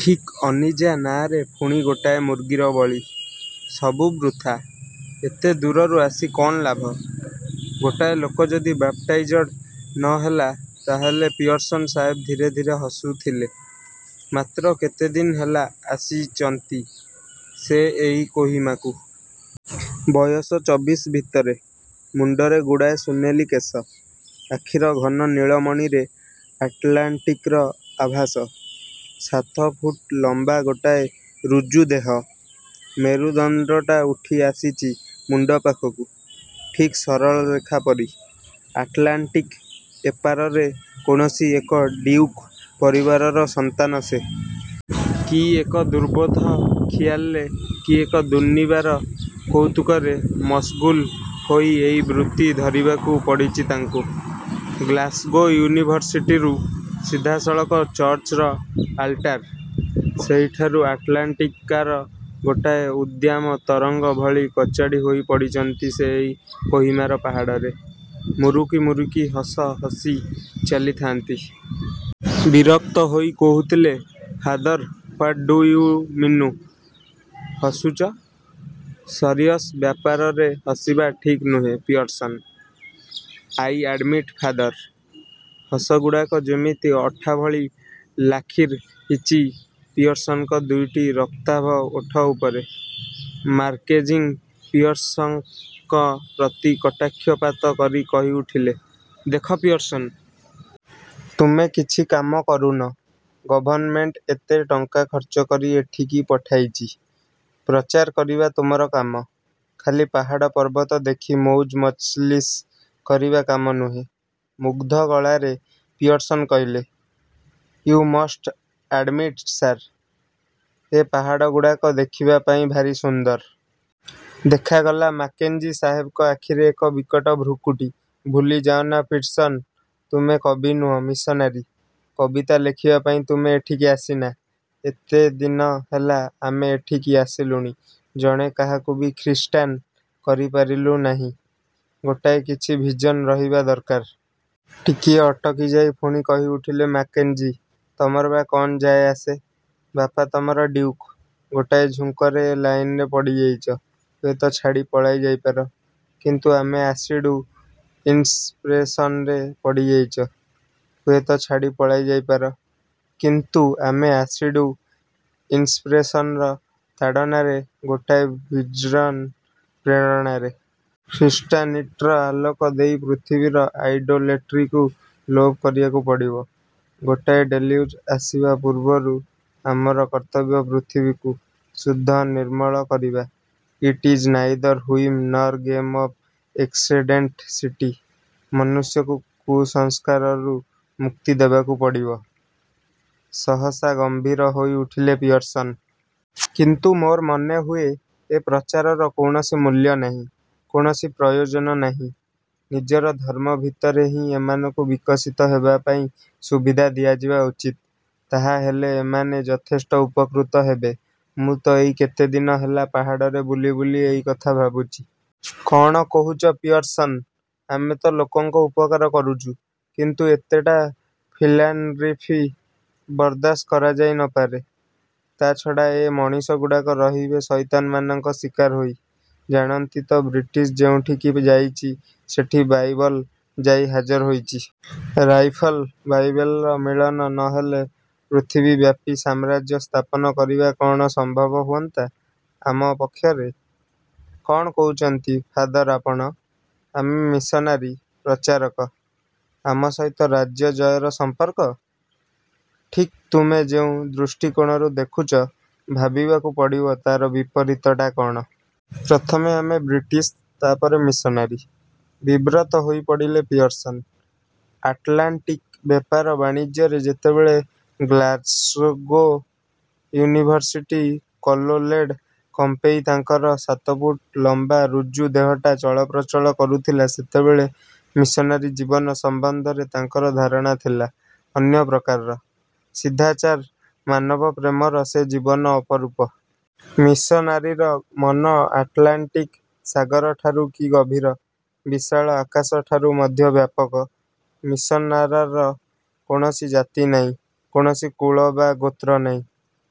ଠିକ୍ ଅନିଜା ନାଁରେ ପୁଣି ଗୋଟାଏ ମୁର୍ଗୀର ବଳି। ସବୁ ବୃଥା। ଏତେ ଦୂରରୁ ଆସି କ'ଣ ଲାଭ? ଗୋଟାଏ ଲୋକ ଯଦି ବାପ୍ଟାଇଜ୍ଡ଼ ନ ହେଲା ତାହାହେଲେ ପିୟର୍ସନ ସାହେବ ଧୀରେ ଧୀରେ ହସୁଥିଲେ। ମାତ୍ର କେତେଦିନ ହେଲା ଆସିଚନ୍ତି ସେ ଏହି କୋହିମାକୁ। ବୟସ ଚବିଶ ଭିତରେ। ମୁଣ୍ଡରେ ଗୁଡ଼ାଏ ସୁନେଲୀ କେଶ। ଆଖିର ଘନ ନୀଳମଣିରେ ଆଟଲାଣ୍ଟିକର ଆଭାସ। ସାତ ଫୁଟ ଲମ୍ବା ଗୋଟାଏ ଋଜୁ ଦେହ। ମେରୁଦଣ୍ଡଟା ଉଠିଆସିଚି ମୁଣ୍ଡ ପାଖକୁ ଠିକ୍ ସରଳରେଖା ପରି। ଆଟଲାଣ୍ଟିକ ଏପାରରେ କୌଣସି ଏକ ଡିଉକ୍ ପରିବାରର ସନ୍ତାନ ସେ। କି ଏକ ଦୁର୍ବୋଧ୍ୟ ଖିଆଲରେ କି ଏକ ଦୁର୍ନିବାର କୌତୁକରେ ମସଗୁଲ ହୋଇ ଏହି ବୃତ୍ତି ଧରିବାକୁ ପଡ଼ିଚି ତାଙ୍କୁ। ଗ୍ଳାସଗୋ ୟୁନିଭରସିଟିରୁ ସିଧାସଳଖ ଚର୍ଚ୍ଚର ଆଲ୍ଟାର। ସେଇଠାରୁ ଆଟଲାଣ୍ଟିକାର ଗୋଟାଏ ଉଦ୍ଦାମ ତରଙ୍ଗ ଭଳି କଚାଡ଼ି ହୋଇପଡ଼ିଚନ୍ତି ସେ ଏହି କୋହିମାର ପାହାଡ଼ରେ। ମୁରୁକି ମୁରୁକି ହସ ହସି ଚାଲିଥାଆନ୍ତି। ବିରକ୍ତ ହୋଇ କହୁଥିଲେ ଫାଦର–ହ୍ୱାଟ୍ ଡ଼ୁ ୟୁ ମିନୁ? ହସୁଚ? ସରିୟସ ବ୍ୟାପରରେ ହସିବା ଠିକ୍ ନୁହେଁ ପିୟର୍ସନ! –I admit father. ହସଗୁଡ଼ାକ ଯେମିତି ଅଠା ଭଳି ଲାଖିରହିଚି ପିୟର୍ସନଙ୍କ ଦୁଇଟି ରକ୍ତାଭ ଓଠ ଉପରେ। ମାକେଂଜିଂ ପିୟର୍ସଙ୍କ ପ୍ରତି କଟାକ୍ଷପାତ କରି କହିଉଠିଲେ–ଦେଖ ପିୟର୍ସନ। ତୁମେ କିଛି କାମ କରୁନ। ଗଭର୍ଣ୍ଣମେଣ୍ଟ ଏତେ ଟଙ୍କା ଖର୍ଚ୍ଚ କରି ଏଠିକି ପଠାଇଚି। ପ୍ରଚାର କରିବା ତୁମର କାମ, ଖାଲି ପାହାଡ଼ ପର୍ବତ ଦେଖି ମଉଜ ମଜଲିସ୍ କରିବା କାମ ନୁହେଁ। ମୁଗ୍ଧ ଗଳାରେ ପିୟର୍ସନ କହିଲେ–ୟୁ ମଷ୍ଟ ଆଡ଼୍ମିଟ ସାର–ଏ ପାହାଡ଼ଗୁଡ଼ାକ ଦେଖିବା ପାଇଁ ଭାରି ସୁନ୍ଦର। ଦେଖାଗଲା ମାକେଂଜି ସାହେବଙ୍କ ଆଖିରେ ଏକ ବିକଟ ଭ୍ରୁକୁଟି–ଭୁଲି ଯାଅନା ପିର୍ସନ, ତୁମେ କବି ନୁହଁ, ମିଶନାରୀ। କବିତା ଲେଖିବା ପାଇଁ ତୁମେ ଏଠିକି ଆସିନା। ଏତେଦିନ ହେଲା ଆମେ ଏଠିକି ଆସିଲୁଣି, ଜଣେ କାହାକୁ ବି ଖ୍ରୀଷ୍ଟାନ କରିପାରିଲୁ ନାହିଁ। ଗୋଟାଏ କିଛି ଭିଜନ ରହିବା ଦରକାର। ଟିକିଏ ଅଟକି ଯାଇ ପୁଣି କହିଉଠିଲେ ମାକେଂଜି–ତମର ବା କ'ଣ ଯାଏ ଆସେ? ବାପା ତମର ଡ଼ିଉକ୍। ଗୋଟାଏ ଝୁଙ୍କରେ ଏ ଲାଇନରେ ପଡ଼ିଯାଇଚ, ହୁଏତ ଛାଡ଼ି ପଳାଇ ଯାଇପାର। କିନ୍ତୁ ଆମେ ଆସିଡ଼ୁ ଇନ୍ସପ୍ରେସନରେ ପଡ଼ିଯାଇଚ, ହୁଏତ ଛାଡ଼ି ପଳାଇ ଯାଇପାର-। କିନ୍ତୁ ଆମେ ଆସିଡ଼ୁ ଇନ୍ସପ୍ରେସନର ତାଡ଼ନାରେ, ଗୋଟାଏ ଭିଜନ୍ର ପ୍ରେରଣାରେ-। ଖ୍ରୀଷ୍ଟାନିଟ୍ର ଆଲୋକ ଦେଇ ପୃଥିବୀର ଆଇଡ଼ୋଲେଟ୍ରିକୁ ଲୋପ କରିବାକୁ ପଡ଼ିବ। ଗୋଟାଏ ଡ଼େଲ୍ୟୁଜ ଆସିବା ପୂର୍ବରୁ ଆମର କର୍ତ୍ତବ୍ୟ ପୃଥିବୀକୁ। ଶୁଦ୍ଧ, ନିର୍ମଳ କରିବା। It is neither whim nor game of accidentality. ମନୁଷ୍ୟକୁ କୁସଂସ୍କାରରୁ ମୁକ୍ତି ଦେବାକୁ ପଡ଼ିବ-।……. ସହସା ଗମ୍ଭୀର ହୋଇଉଠିଲେ ପିୟର୍ସନ। କିନ୍ତୁ ମୋର ମନେହୁଏ, ଏ ପ୍ରଚାରର କୌଣସି ମୂଲ୍ୟ ନାହିଁ। କୌଣସି ପ୍ରୟୋଜନ ନାହିଁ। ନିଜର ଧର୍ମ ଭିତରେ ହିଁ ଏମାନଙ୍କୁ ବିକଶିତ ହେବା ପାଇଁ ସୁବିଧା ଦିଆଯିବା ଉଚିତ। ତାହାହେଲେ ଏମାନେ ଯଥେଷ୍ଟ ଉପକୃତ ହେବେ। ମୁଁ ତ ଏଇ କେତେଦିନ ହେଲା ପାହାଡ଼ରେ ବୁଲି ବୁଲି ଏଇ କଥା ଭାବୁଚି। –କ'ଣ କହୁଚ ପିୟର୍ସନ। ଆମେ ତ ଲୋକଙ୍କ ଉପକାର କରୁଚୁ, କିନ୍ତୁ ଏତେଟା ଫିଲାନ୍ଥ୍ରପି ବରଦାସ୍ତ କରାଯାଇ ନ ପାରେ। ତା ଛଡ଼ା ଏ ମଣିଷଗୁଡ଼ାକ ରହିବେ ସଇତାନମାନଙ୍କ ଶିକାର ହୋଇ। ଜାଣନ୍ତି ତ ବ୍ରିଟିଶ ଯେଉଁଠିକି ଯାଇଚି, ସେଠି ବାଇବଲ ଯାଇ ହାଜର ହୋଇଚି। ରାଇଫଳ, ବାଇବେଲର ମିଳନ ନ ହେଲେ ପୃଥିବୀବ୍ୟାପୀ ସାମ୍ରାଜ୍ୟ ସ୍ଥାପନ କରିବା କ'ଣ ସମ୍ଭବ ହୁଅନ୍ତା ଆମ ପକ୍ଷରେ? –କ'ଣ କହୁଚନ୍ତି ଫାଦର ଆପଣ! ଆମେ ମିଶନାରୀ, ପ୍ରଚାରକ। ଆମ ସହିତ ରାଜ୍ୟଜୟର ସମ୍ପର୍କ? –ଠିକ୍ ତୁମେ ଯେଉଁ ଦୃଷ୍ଟିକୋଣରୁ ଦେଖୁଚ, ଭାବିବାକୁ ପଡ଼ିବ ତାର ବିପରୀତଟା କ'ଣ-। ପ୍ରଥମେ ଆମେ ବ୍ରିଟିଶ, ତାପରେ ମିଶନାରୀ। ବିବ୍ରତ ହୋଇପଡ଼ିଲେ ପିୟର୍ସନ। ଆଟଲାଣ୍ଟିକ ବେପାର ବାଣିଜ୍ୟରେ ଯେତେବେଳେ ଗ୍ଳାସ୍ଗୋ ୟୁନିଭରସିଟି କଲୋଲେଡ଼ କମ୍ପେଇ ତାଙ୍କର ସାତଫୁଟ ଲମ୍ବା ଋଜୁ ଦେହଟା ଚଳପ୍ରଚଳ କରୁଥିଲା ସେତେବେଳେ ମିଶନାରୀ ଜୀବନ ସମ୍ବନ୍ଧରେ ତାଙ୍କର ଧାରଣା ଥିଲା ଅନ୍ୟ ପ୍ରକାରର। ସିଦ୍ଧାଚାର ମାନବପ୍ରେମର ସେ ଜୀବନ ଅପରୂପ। ମିଶନାରୀର ମନ ଆଟଲାଣ୍ଟିକ ସାଗରଠାରୁ କି ଗଭୀର, ବିଶାଳ ଆକାଶଠାରୁ ମଧ୍ୟ ବ୍ୟାପକ। ମିଶନାରାର କୌଣସି ଜାତି ନାହିଁ, କୌଣସି କୁଳ ବା ଗୋତ୍ର ନାହିଁ।